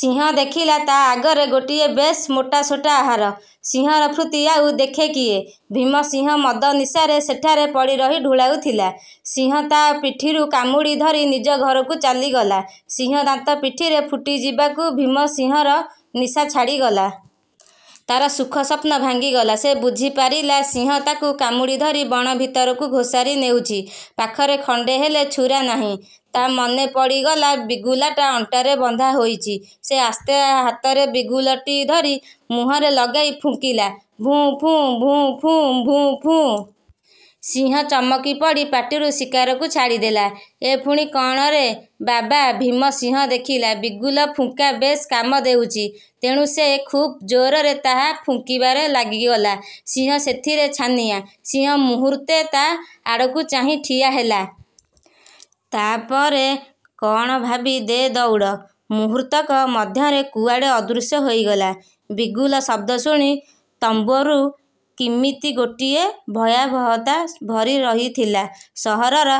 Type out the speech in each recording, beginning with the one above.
ସିଂହ ଦେଖିଲା, ତା' ଆଗରେ ଗୋଟିଏ ବେଶ୍ ମୋଟାସୋଟା ଆହାର। ସିଂହର ଫୁର୍ତ୍ତି ଆଉ ଦେଖେ କିଏ? ଭୀମ ସିଂହ ମଦନିଶାରେ ସେଠାରେ ପଡ଼ି ରହି ଢୁଳାଉଥିଲା। ସିଂହ ତା' ପିଠିରୁ କାମୁଡ଼ି ଧରି ନିଜ ଘରକୁ ଚାଲିଗଲା। ସିଂହ ଦାନ୍ତ ପିଠିରେ ଫୁଟିଯିବାକୁ ଭୀମସିଂହର ନିଶା ଛାଡ଼ିଗଲା। ତା'ର ସୁଖ ସ୍ୱପ୍ନ ଭାଙ୍ଗିଗଲା। ସେ ବୁଝିପାରିଲା, ସିଂହ ତାକୁ କାମୁଡ଼ି ଧରି ବଣ ଭିତରକୁ ଘୋଷାରି ନେଉଛି। ପାଖରେ ଖଣ୍ଡେ ହେଲେ ଛୁରା ନାହିଁ। ତା' ମନେ ପଡ଼ିଗଲା, ବିଗୁଲାଟା ଅଣ୍ଟାରେ ବନ୍ଧା ହୋଇଛି। ସେ ଆସ୍ତେ ହାତରେ ବିଗୁଲଟି ଧରି ମୁହଁରେ ଲଗାଇ ଫୁଙ୍କିଲା-ଭୁଁ ପୁଁ, ଭୁଁ ପୁଁ, ଭୁଁ ପୁଁ। ସିଂହ ଚମକିପଡ଼ି ପାଟିରୁ ଶିକାରକୁ ଛାଡ଼ିଦେଲା। ଏ ପୁଣି କଅଣରେ ବାବା! ଭୀମସିଂହ ଦେଖିଲା, ବିଗୁଲ ଫୁଙ୍କା ବେଶ୍ କାମ ଦେଉଚି। ତେଣୁ ସେ ଖୁବ୍ ଜୋରରେ ତାହା ଫୁଙ୍କିବାରେ ଲାଗିଗଲା। ସିଂହ ସେଥିରେ ଛାନିଆ। ସିଂହ ମୁହୂର୍ତ୍ତେ ତା' ଆଡ଼କୁ ଚାହିଁ ଠିଆ ହେଲା। ତା'ପରେ କଅଣ ଭାବି-ଦେ ଦଉଡ଼। ମୁହୂର୍ତ୍ତକ ମଧ୍ୟରେ କୁଆଡ଼େ ଅଦୃଶ୍ୟ ହୋଇଗଲା। ବିଗୁଲ ଶବ୍ଦ ଶୁଣି ତମ୍ବୁରୁ। କିମିତି ଗୋଟିଏ ଭୟାବହତା ଭରି ରହିଥିଲା ସହରର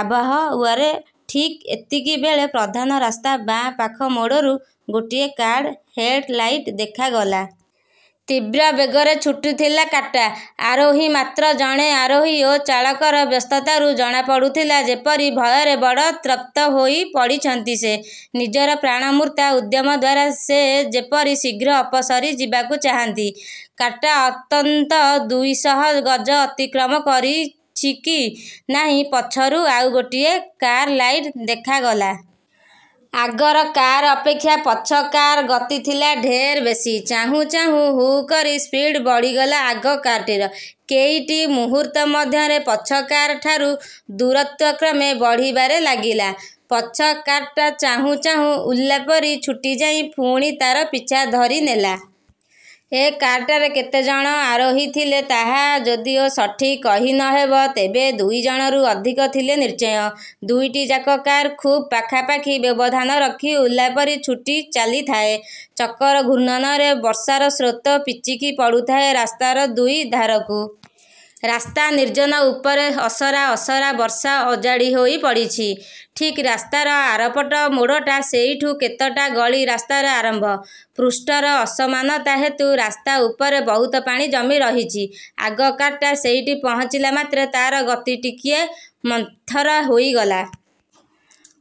ଆବାହାଓ୍ୟାରେ। ଠିକ୍ ଏତିକି ବେଳେ ପ୍ରଧାନ ରାସ୍ତାର ବାଁ ପାଖ ମୋଡ଼ରୁ ଗୋଟିଏ କାର୍ର ହେଡ଼୍ ଲାଇଟ୍ ଦେଖାଗଲା। ତୀବ୍ର ବେଗରେ ଛୁଟିଥିଲା କାର୍ଟା। ଆରୋହୀ ମାତ୍ର ଜଣେ। ଆରୋହୀ ଓ ଚାଳକର ବ୍ୟସ୍ତତାରୁ ଜଣା ପଡ଼ୁଥିଲା, ଯେପରି ଭୟରେ ବଡ଼ ତ୍ରସ୍ତ ହୋଇ ପଡ଼ିଛନ୍ତି ସେ। ନିଜର ପ୍ରାଣ ମୂର୍ଚ୍ଛା ଉଦ୍ୟମ ଦ୍ୱାରା ସେ ଯେପରି ଶୀଘ୍ର ଅପସରି ଯିବାକୁ ଚାହାନ୍ତି। କାର୍ଟା ଅନ୍ତତଃ ଦୁଇଶହ ଗଜ ଅତିକ୍ରମ କରିଛି କି ନାହିଁ, ପଛରୁ ଆଉ ଗୋଟିଏ କାର୍ର ଲାଇଟ୍ ଦେଖାଗଲା। ଆଗର କାର୍ ଅପେକ୍ଷା ପଛ କାର୍ର ଗତି ଥିଲା ଢେର ବେଶୀ। ଚାହୁଁ ଚାହୁଁ ହୁ'କରି ସ୍ପିଡ଼୍ ବଢ଼ିଗଲା ଆଗ କାର୍ଟିର। କେଇଟି ମୁହୂର୍ତ୍ତ ମଧ୍ୟରେ ପଛ କାର୍ ଠାରୁ ଦୂରତ୍ୱ କ୍ରମେ ବଢ଼ିବାରେ ଲାଗିଲା। ପଛ କାର୍ଟା ଚାହୁଁ ଚାହୁଁ ଉଲ୍କା ପରି ଛୁଟି ଯାଇ ପୁଣି ତା'ର ପିଛା ଧରିନେଲା। ଏ କାର୍ଟାରେ କେତେ ଜଣ ଆରୋହୀ ଥିଲେ ତାହା ଯଦିଓ ସଠିକ୍ କହି ନହେବ, ତେବେ ଦୁଇଜଣରୁ ଅଧିକ ଥିଲେ ନିଶ୍ଚୟ। ଦୁଇଟି ଯାକ କାର୍ ଖୁବ୍ ପାଖାପାଖି ବ୍ୟବଧାନ ରଖି ଉଲ୍କା ପରି ଛୁଟି ଚାଲିଥାଏ। ଚକର ଘୂର୍ଣ୍ଣନରେ ବର୍ଷାର ସ୍ରୋତ ପିଚିକି ପଡ଼ୁଥାଏ ରାସ୍ତାର ଦୁଇ ଧାରକୁ। ରାସ୍ତା ନିର୍ଜନ; ଉପରେ ଅସରା ଅସରା ବର୍ଷା ଅଜାଡ଼ି ହୋଇ ପଡ଼ୁଛି। ଠିକ୍ ରାସ୍ତାର ଆରପଟ ମୋଡ଼ଟା। ସେଇଠୁ କେତେଟା ଗଳି ରାସ୍ତାର ଆରମ୍ଭ। ପୃଷ୍ଠର ଅସମାନତା ହେତୁ ରାସ୍ତା ଉପରେ ବହୁତ ପାଣି ଜମି ରହିଛି। ଆଗ କାର୍ଟା ସେଇଠି ପହଞ୍ଚିଲା ମାତ୍ରେ ତା'ର ଗତି ଟିକିଏ ମନ୍ଥର ହୋଇଗଲା।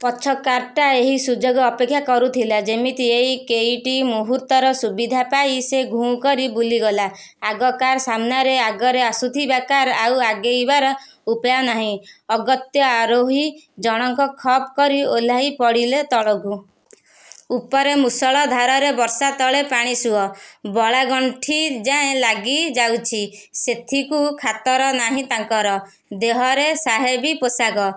ପଛ କାର୍ଟା ଏହି ସୁଯୋଗ ଅପେକ୍ଷା କରୁଥିଲା ଯେମିତି। ଏଇ କେଇଟି ମୁହୂର୍ତ୍ତର ସୁବିଧା ପାଇ ସେ ଘୁଁ କରି ବୁଲିଗଲା ଆଗ କାର୍ର ସାମ୍ନାରେ। ଆଗରେ ଆସୁଥିବା କାର୍ର ଆଉ ଆଗେଇବାର ଉପାୟ ନାହିଁ। ଅଗତ୍ୟା ଆରୋହୀ ଜଣଙ୍କ ଖପ୍ କରି ଓହ୍ଲାଇ ପଡ଼ିଲେ ତଳକୁ। ଉପରେ ମୂଷଳ ଧାରାରେ ବର୍ଷା, ତଳେ ପାଣିସୁଅ ବଳାଗଣ୍ଠି ଯାଏ ଲାଗି ଯାଉଛି, ସେଥିକୁ ଖାତର ନାହିଁ ତାଙ୍କର। ଦେହରେ ସାହେବୀ ପୋଷାକ,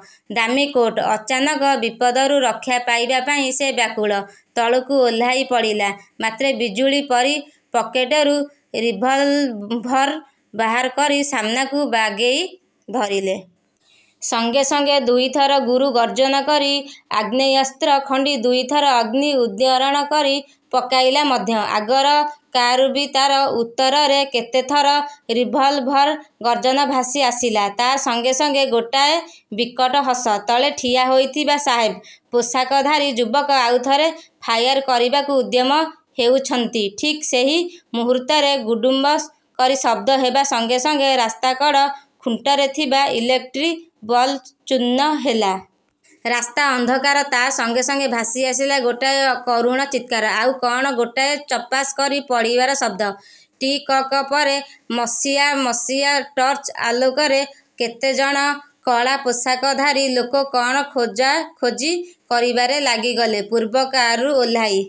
ଦାମୀକୋଟ୍। ଅଚାନକ ବିପଦରୁ ରକ୍ଷା ପାଇବା ପାଇଁ ସେ ବ୍ୟାକୁଳ। ତଳକୁ ଓହ୍ଳାଇ ପଡ଼ିଲା ମାତ୍ରେ ବିଜୁଳି ପରି ପକେଟରୁ ରିଭଲଭର୍ ବାହାର କରି ସାମ୍ନାକୁ ବାଗେଇ ଧରିଲେ। ସଙ୍ଗେ ସଙ୍ଗେ ଦୁଇଥର ଗୁରୁଗର୍ଜନ କରି ଆଗ୍ନେୟାସ୍ତ୍ର ଖଣ୍ଡି ଦୁଇଥର ଅଗ୍ନି ଉଦ୍ଗିରଣ କରି ପକାଇଲା ମଧ୍ୟ। ଆଗର କାର୍ରୁ ବି ତା'ର ଉତ୍ତରରେ କେତେଥର ରିଭଲଭର୍ର ଗର୍ଜନ ଭାସି ଆସିଲା। ତା' ସଙ୍ଗେ ସଙ୍ଗେ ଗୋଟାଏ ବିକଟ ହସ। ତଳେ ଠିଆ ହୋଇଥିବା ସାହେବ ପୋଷାକଧାରୀ ଯୁବକ ଆଉ ଥରେ ଫାୟାର କରିବାକୁ ଉଦ୍ୟତ ହେଉଛନ୍ତି-ଠିକ୍ ସେଇ ମୁହୂର୍ତ୍ତରେ 'ଗୁଡ଼ୁମ୍' କରି ଶବ୍ଦ ହେବା ସଙ୍ଗେ ସଙ୍ଗେ ରାସ୍ତାକଡ଼ ଖୁଣ୍ଟରେ ଥିବା ଇଲେକ୍ଟ୍ରିକ୍ ବଲ୍ବ ଚୂର୍ଣ୍ଣ ହେଲା। ରାସ୍ତା ଅନ୍ଧକାର। ତା' ସଙ୍ଗେ ସଙ୍ଗେ ଭାସି ଆସିଲା ଗୋଟାଏ କରୁଣ ଚିତ୍କାର, ଆଉ କ'ଣ ଗୋଟାଏ ଝପାସ୍ କରି ପଡ଼ିବାର ଶବ୍ଦ। ଟିକକ ପରେ ମସିଆ ମସିଆ ଟର୍ଚ୍ଚ ଆଲୋକରେ କେତେଜଣ କଳା ପୋଷାକଧାରୀ ଲୋକ କ'ଣ ଖୋଜାଖୋଜି କରିବାରେ ଲାଗିଗଲେ ପୂର୍ବ କାର୍ରୁ ଓହ୍ଲାଇ।